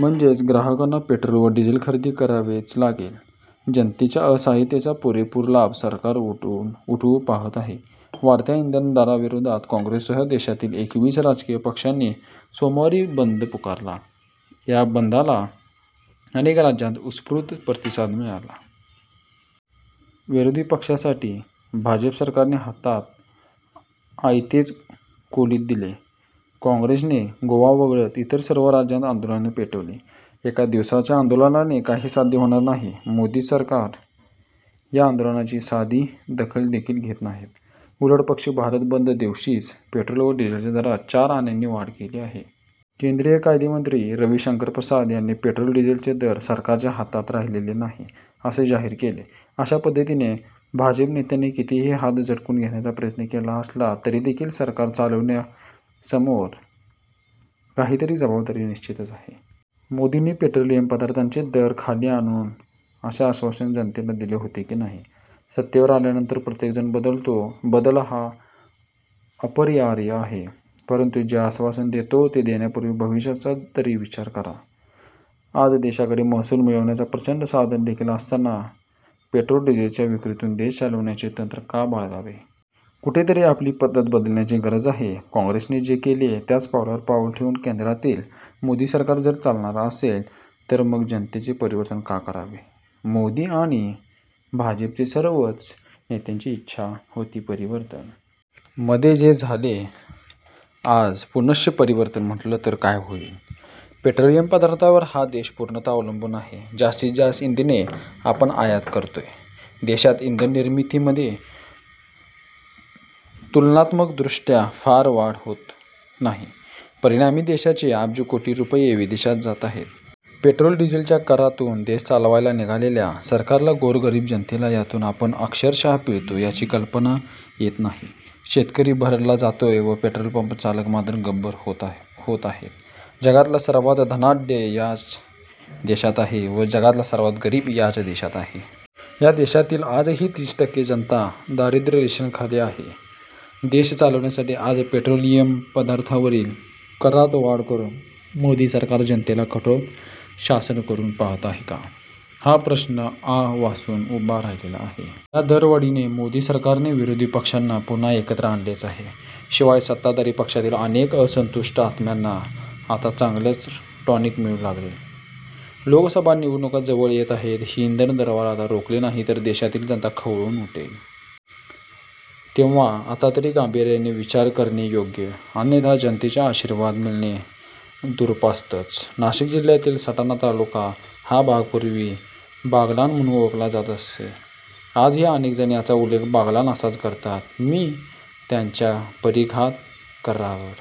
म्हणजेच ग्राहकांना पेट्रोल व डिझेल खरेदी करावेच लागेल. जनतेच्या असाहय़तेचा पुरेपुर लाभ सरकार उठवू पाहत आहे. वाढत्या इंधन दराविरोधात काँग्रेससह देशातील एकवीस राजकीय पक्षांनी सोमवारी बंद पुकारला. या बंदला अनेक राज्यांत उत्स्फूर्त प्रतिसाद लाभला. विरोधी पक्षांसाठी भाजप सरकारने हातात आयतेच कोलीत दिले. काँग्रेसने गोवा वगळता इतर सर्व राज्यांत आंदोलन पेटविले. एका दिवसाच्या आंदोलनाने काही साध्य होणार नाही. मोदी सरकार या आंदोलनाची साधी दखलदेखील घेत नाहीत. उलटपक्षी भारत बंद दिवशीच पेट्रोल व डिझेलच्या दरात चार आण्यांनी वाढ केली आहे. केंद्रीय कायदामंत्री रवीशंकर प्रसाद यांनी पेट्रोल डिझेलचे दर सरकारच्या हातात राहिलेले नाही, असे जाहीर केले. अशा पद्धतीने भाजप नेत्यांनी कितीही हात झटकून घेण्याचा प्रयत्न केला असला तरीदेखील सरकार चालविणाऱयांसमोर काहीतरी जबाबदारी निश्चितच आहे. मोदींनी पेट्रोलियम पदार्थांचे दर खाली आणू असे आश्वासन जनतेला दिले होते की नाही? सत्तेवर आल्यानंतर प्रत्येकजण बदलतो. बदल हा अपरिहार्य आहे. परंतु जे आश्वासन देतो ते देण्यापूर्वी भविष्याचा तरी विचार करा. आज देशाकडे महसूल मिळविण्याची प्रचंड साधने असताना देखील पेट्रोल, डिझेलच्या विक्रीतून देश चालविण्याचे तंत्र का बाळगावे? कुठेतरी आपली पद्धत बदलण्याची गरज आहे. काँग्रेसने जे केले त्याच पावलावर पाऊल ठेवून केंद्रातील मोदी सरकार जर चालणार असेल तर मग जनतेने परिवर्तन का करावे! मोदी आणि भाजपच्या सर्वच नेत्यांची इच्छा होती परिवर्तन! मध्ये ते झाले. आज पुनश्च परिवर्तन म्हटले तर काय होईल? पेट्रोलियम पदार्थांवर हा देश पूर्णतः अवलंबून आहे. जास्तीत जास्त इंधने आपण आयात करतोय. देशात इंधन निर्मितीमध्ये तुलनात्मकदृष्टय़ा फार वाढ होत नाही. परिणामी देशाचे अब्ज कोटी रुपये विदेशात जात आहेत. पेट्रोल डिझेलच्या करातून देश चालवायला निघालेल्या सरकारला गोरगरीब जनतेला यातून आपण अक्षरशः पिळतो याची कल्पना येत नाही. शेतकरी भरडला जातोय व पेट्रोलपंप चालक मात्र गब्बर होत आहेत. जगातला सर्वांत धनाढय़ याच देशात आहे व जगातला सर्वांत गरीब याच देशात आहे. या देशातील आजही तीस टक्के जनता दारिद्रय़ रेषेखाली आहे. देश चालविण्यासाठी आज पेट्रोलियम पदार्थांवरील करात वाढ करून मोदी सरकार जनतेला कठोर शासन करू पाहत आहे का? हा प्रश्न आ वासून उभा राहिलेला आहे. या दरवाढीने मोदी सरकारने विरोधी पक्षांना पुन्हा एकत्र आणलेच आहे. शिवाय सत्ताधारी पक्षातील अनेक असंतुष्ट आत्म्यांना आता चांगलेच टॉनिक मिळू लागेल. लोकसभा निवडणुका जवळ येत आहेत. ही इंधन दरवाढ आता रोखली नाही तर देशातील जनता खवळून उठेल. तेव्हा आता तरी गांभीर्याने विचार करणे योग्य. अन्यथा जनतेचा आशीर्वाद मिळणे दुरापास्तच! नाशिक जिल्ह्यातील सटाणा तालुका हा भाग पुर्वी बागलाण म्हणून ओळखला जात असे. आजही अनेकजण याचा उल्लेख बागलाण असाच करतात. मी. च्या परिघात कऱ्हागड,